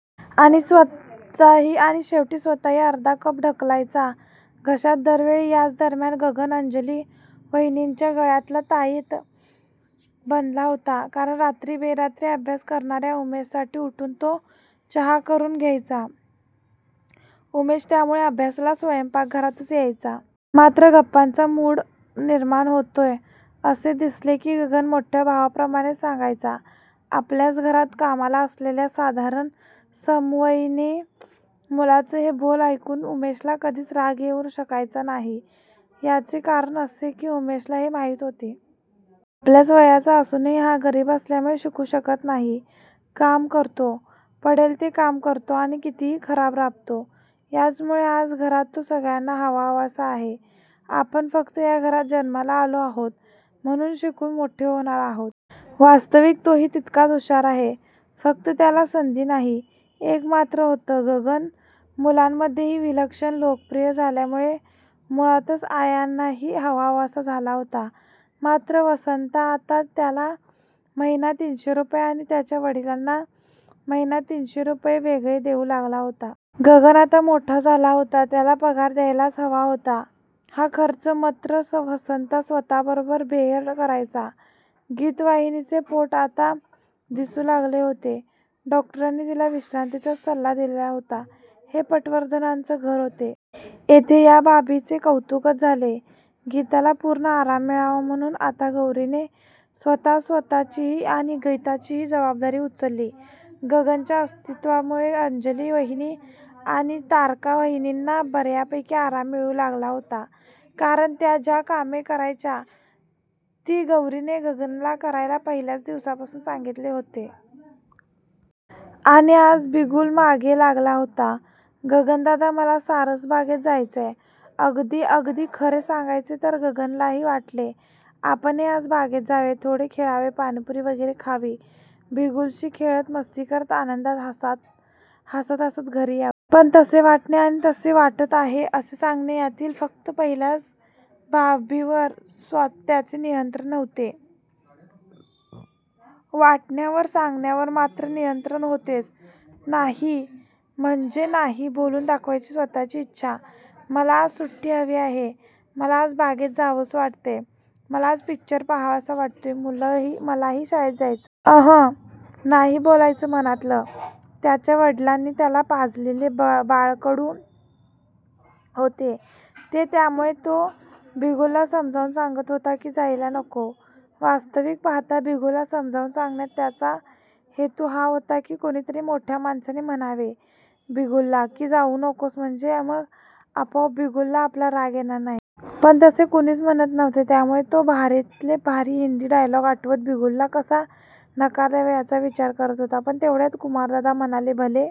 आणि शेवटी स्वतःही अर्धा कप ढकलायचा घशात दर वेळी याच दरम्यान गगन अंजली वहिनींच्या गळ्यातला ताईत बनला होता. कारण रात्री बेरात्री अभ्यास करणार्या उमेशसाठी उठून तो चहा करून द्यायचा. उमेश त्यामुळे अभ्यासाला स्वयंपाकघरातच यायचा! मात्र गप्पांचा मूड निर्माण होतोय असे दिसले की गगन मोठ्या भावाप्रमाणे सांगायचा. आपल्याच घरात कामाला असलेल्या साधारण समवयीन मुलाचे हे बोल ऐकून उमेशला कधीच राग येऊ शकायचा नाही. याचे कारण असे की उमेशला हे माहीत होते. आपल्याच वयाचा असूनही हा गरीब असल्यामुळे शिकू शकत नाही, काम करतो, पडेल ते काम करतो आणि कितीही राबतो. त्याचमुळे आज घरात तो सगळ्यांना हवासा आहे. आपण फक्त या घरात जन्माला आलो आहोत म्हणून शिकून मोठे होणार आहोत. वास्तविक तोही तितकाच हुषार आहे, फक्त त्याला संधी नाही. एक मात्र होतं! गगन मुलांमध्येही विलक्षण लोकप्रिय झाल्यामुळे मुळातच आयांनाही हवाहवासा झाला होता. मात्र वसंता आता त्याला महिना तीनशे रुपये आणि त्याच्या वडिलांना महिना तीनशे रुपये वेगळे देऊ लागला होता. गगन आता मोठा झाला होता. त्याला पगार द्यायलाच हवा होता. हा खर्च मत्र वसंता स्वतःच बेअर करायचा. गीतावहिनीचे पोट आता दिसू लागले होते. डॉक्टरांनी तिला विश्रान्तीचाच सल्ला दिलेला होता. हे पटवर्धनांचे घर होते. येथे या बाबीचे कौतुकच झाले. गीताला पूर्ण आराम मिळावा म्हणून आता गौरीने स्वतःच स्वतःचीही आणि गीताचीही जबाबदारी उचलली. गगनच्या अस्तित्वामुळे अंजली वहिनी आणि तारका वहिनींना बर्यापैकी आराम मिळू लागला होता. कारण त्या ज्या कामे करायच्या ती गौरीने गगनला करायला पहिल्याच दिवसापासून सांगितले होते. अणि आज बिगुल मागे लागला होता. गगनदादा मला सारसबागेत जायचंय. अगदी, अगदी खरे सांगायचे तर गगनलाही वाटले. आपणही आज बागेत जावे. थोडे खेळावे, पाणिपुरी वगैरे खावी, बिगुलशी खेळत, मस्ती करत आनंदात हासत हासत घरी यावे. पण तसे वाटणे आणि तसे वाटत आहे असे सांगणे यातील फक्त पहिल्याच बाबीवर त्याचे नियंत्रण नव्हते. वाटण्यावर! सांगण्यावर मात्र नियंत्रण होतेच! नाही म्हणजे नाही बोलून दाखवायची स्वतःची इच्छा! मला आज सुट्टी हवी आहे, मला आज बागेत जावसं वाटतंय, मला आज पिक्चर पाहावासा वाटतोय, मलाही शाळेत जायचंय! अंहं! नाही बोलायचं मनातलं! त्याच्या वडिलांनी त्याला पाजलेले बाळकडू होते ते त्यामुळे तो बिगुलला समजावून सांगत होता की जायला नको! वास्तविक पाहता बिगुलला समजावून सांगण्यात त्याचा हेतू हा होता की कुणीतरी मोठ्या माणसाने म्हणावे बिगुलला, की जाऊ नकोस म्हणजे मग आपोआप बिगुलला आपला राग येणार नाही. पण तसे कुणीच म्हणत नव्हते. त्यामुळे तो भारीतले भारी हिंदी डायलॉग आठवत बिगुलला कसा नकार द्यावा याचा विचार करत होता. पण तेवढ्यात कुमारदादा म्हणाले. भले